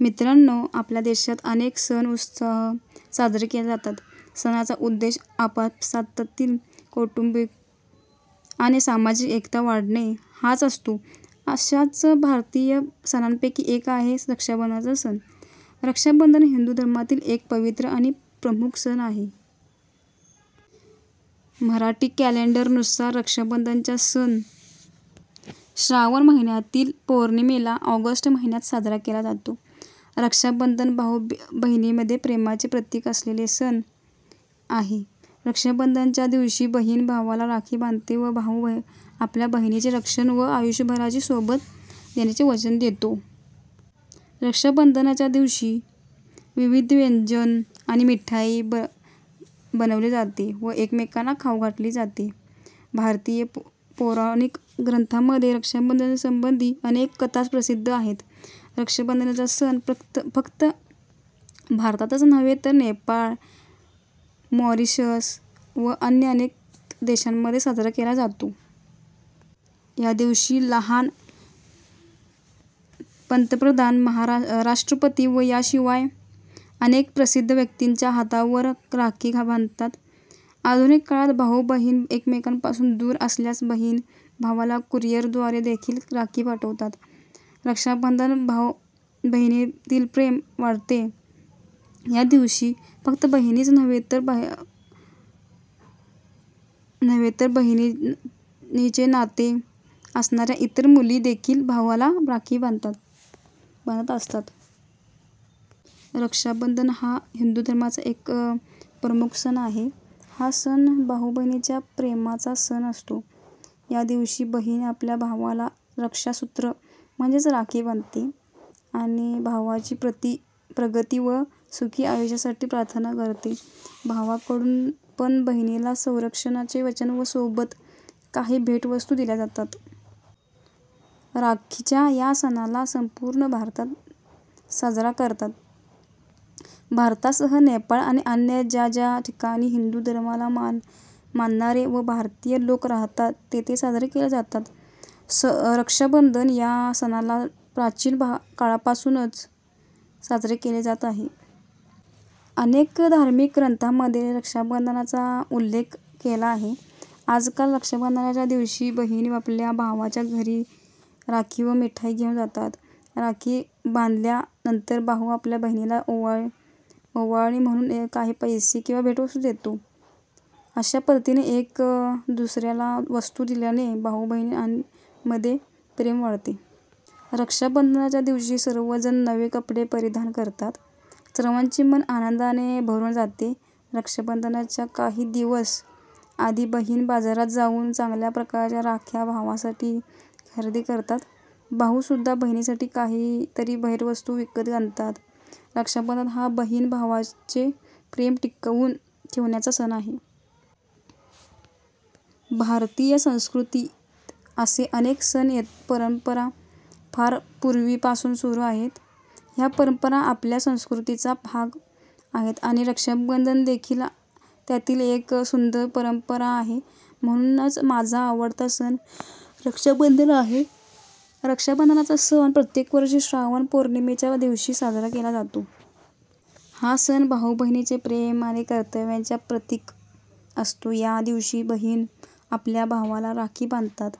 मित्रांनो आपल्या देशात अनेक सण उत्सव साजरे केले जातात. सणांचा उद्देश आपापसातील कौटुंबिक आणि सामाजिक एकता वाढवणे हाच असतो. अश्याच भारतीय सणांपैकी एक आहे रक्षाबंधनाचा सण. रक्षाबंधन हिंदू धर्मातील एक पवित्र आणि प्रमुख सण आहे. मराठी कॅलेंडर नुसार रक्षाबंधनाच्या सण श्रावण महिन्यातील पौर्णिमेला, ऑगस्ट महिन्यात साजरा केला जातो. रक्षाबंधन भाऊ बहिणींमधील प्रेमाचे प्रतिक असलेला सण आहे. रक्षाबंधनाच्या दिवशी बहिण भावाला राखी बांधते. व भाऊ आपल्या बहिणीचे रक्षण व आयुष्यभराची सोबत देण्याचे वचन देतो. रक्षाबंधनाच्या दिवशी विविध व्यंजन आणि मिठाई बनवली जाते व एकामेकांना खाऊ घातली जाते. भारतीय पौराणिक ग्रंथांमध्ये रक्षाबंधन संबंधी अनेक कथा प्रसिद्ध आहेत. रक्षाबंधनाचा सण फक्त भारतातच नव्हे तर नेपाळ, मॉरिशस व अन्य अनेक देशांमध्ये साजरा केला जातो. या दिवशी लहान पंतप्रधान, राष्ट्रपती व याशिवाय अनेक प्रसिद्ध व्यक्तींच्या हातावर राखी बांधतात. आधुनिक काळात भाऊ-बहीण एकमेकांपासून दूर असल्यास बहिणी भावाला कुरिअरद्वारे देखील राखी पाठवतात. रक्षाबंधन भावाबहिनीतील प्रेम वाढवते. या दिवशी फक्त बहिणीच नव्हे तर बहिणीचे नाते असणाऱ्या इतर मुली देखील भावाला राखी बांधत असतात. रक्षाबंधन हा हिंदू धर्माचा एक प्रमुख सण आहे. हा सण भाऊ बहिणीच्या प्रेमाचा सण असतो. या दिवशी बहीण आपल्या भावाला रक्षासुत्र, म्हणजेच राखी बांधते आणि भावाची प्रगती व सुखी आयुष्यासाठी प्रार्थना करते. भावाकडून पण बहिणीला संरक्षणाचे वचन व सोबत काही भेटवस्तू दिल्या जातात. राखीच्या या सणाला संपूर्ण भारतात साजरा करतात. भारतासह नेपाळ व अन्य ज्या ज्या ठिकाणी हिंदू धर्माला मानणारे व भारतीय लोक राहतात तेथे साजरे केले जाते. रक्षाबंधन या सणाला प्राचीन काळापासून साजरे केले जात आहे. अनेक धार्मिक ग्रंथांमध्ये रक्षाबंधनाचाउल्लेख केला आहे. आजकाल रक्षाबंधनच्या दिवशी बहिणी आपल्या भावाच्या घरी राखी व मिठाई घेऊन जातात. राखी बांधल्या नंतर भाऊ आपल्या बहिणीला ओवाळणी म्हणून काही पैसे किंवा भेटवस्तू देतो. अश्या पद्धतीने एक दुसऱ्याला वस्तू दिल्याने भाऊ बहिणी मध्ये प्रेम वाढते. रक्षाबंधनच्या दिवशी सर्वजण नवे कपडे परिधान करतात. सर्वांचे मन आनंदाने भरून जाते. रक्षाबंधनाच्या काही दिवस आधी बहिणी बाजारात जाऊन चांगल्या प्रकारच्या राख्या भावांसाठी खरेदी करतात. भाऊ सुद्धा बहिणीसाठी काहीतरी भेटवस्तू विकत आणतात. रक्षाबंधन हा बहीण भावाचे प्रेम टिकवून ठेवण्याचा सण आहे. भारतीय संस्कृतीत असे अनेक सण परंपरा फार पूर्वी पासून सुरु आहेत. ह्या परंपरा आपल्या संस्कृतीचा भाग आहेत आणि रक्षाबंधन देखील त्यातीलच एक सुंदर परंपरा आहे. म्हणूनच माझा आवडता सण रक्षाबंधन आहे. रक्षाबंधनाचा सण प्रत्येक वर्षी श्रावण पौर्णिमेच्या दिवशी साजरा केला जातो. हा सण भाऊ-बहिणीचे प्रेम आणि कर्तव्याच्या प्रतीक असतो. या दिवशी बहिणी आपल्या भावांना राखी बांधतात.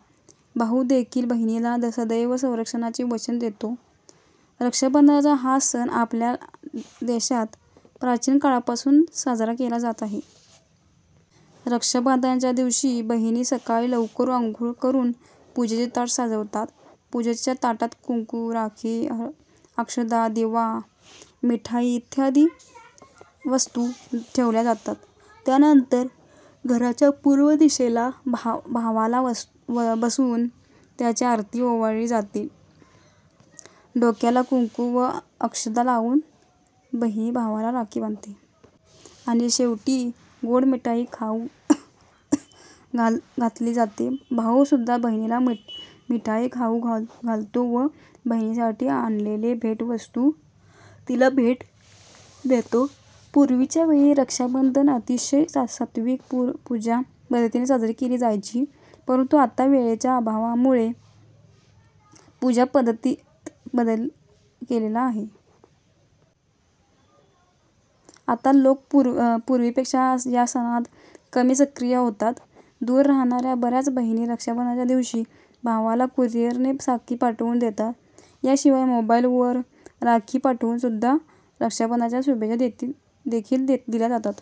भाऊ देखील बहिणीला सदैव संरक्षणाचे वचन देतो. रक्षाबंधनाचा हा सण आपल्या देशात प्राचीन काळापासून साजरा केला जात आहे. रक्षाबंधनाच्या दिवशी बहिणी सकाळी लवकर अंघोळ करून पूजेचे ताट सजवतात, पूजेच्या ताटात कुंकू, राखी, अक्षदा, दिवा, मिठाई इत्यादी वस्तू ठेवल्या जातात. त्यानंतर घराच्या पूर्व दिशेला भावाला बसवून त्याची आरती ओवाळली जाते, डोक्याला कुंकू व अक्षदा लाऊन बहीण भावाला राखी बांधते. आणि शेवटी गोड मिठाई खाऊ घातली जाते. भाऊ सुद्धा बहिणीला मिठाई खाऊ घालतो व बहिणीसाठी आणलेले भेटवस्तू तिला भेट देतो. पूर्वीच्या वेळी रक्षाबंधन अतिशय सात्विक पूजा पद्धतीने साजरी केली जायची. परंतु आता वेळेच्या अभावाने पूजा पद्धतीत बदल केलेले आहेत. आता लोक पूर्वीपेक्षा या सणात कमी सक्रिय होतात. दूर राहणाऱ्या बऱ्याच बहिणी रक्षाबंधनच्या दिवशी भावाला कुरियरने राखी पाठवून देतात. याशिवाय मोबाईल वर राखी पाठवून सुद्धा रक्षाबंधनच्या शुभेच्छा देखील दिल्या जातात.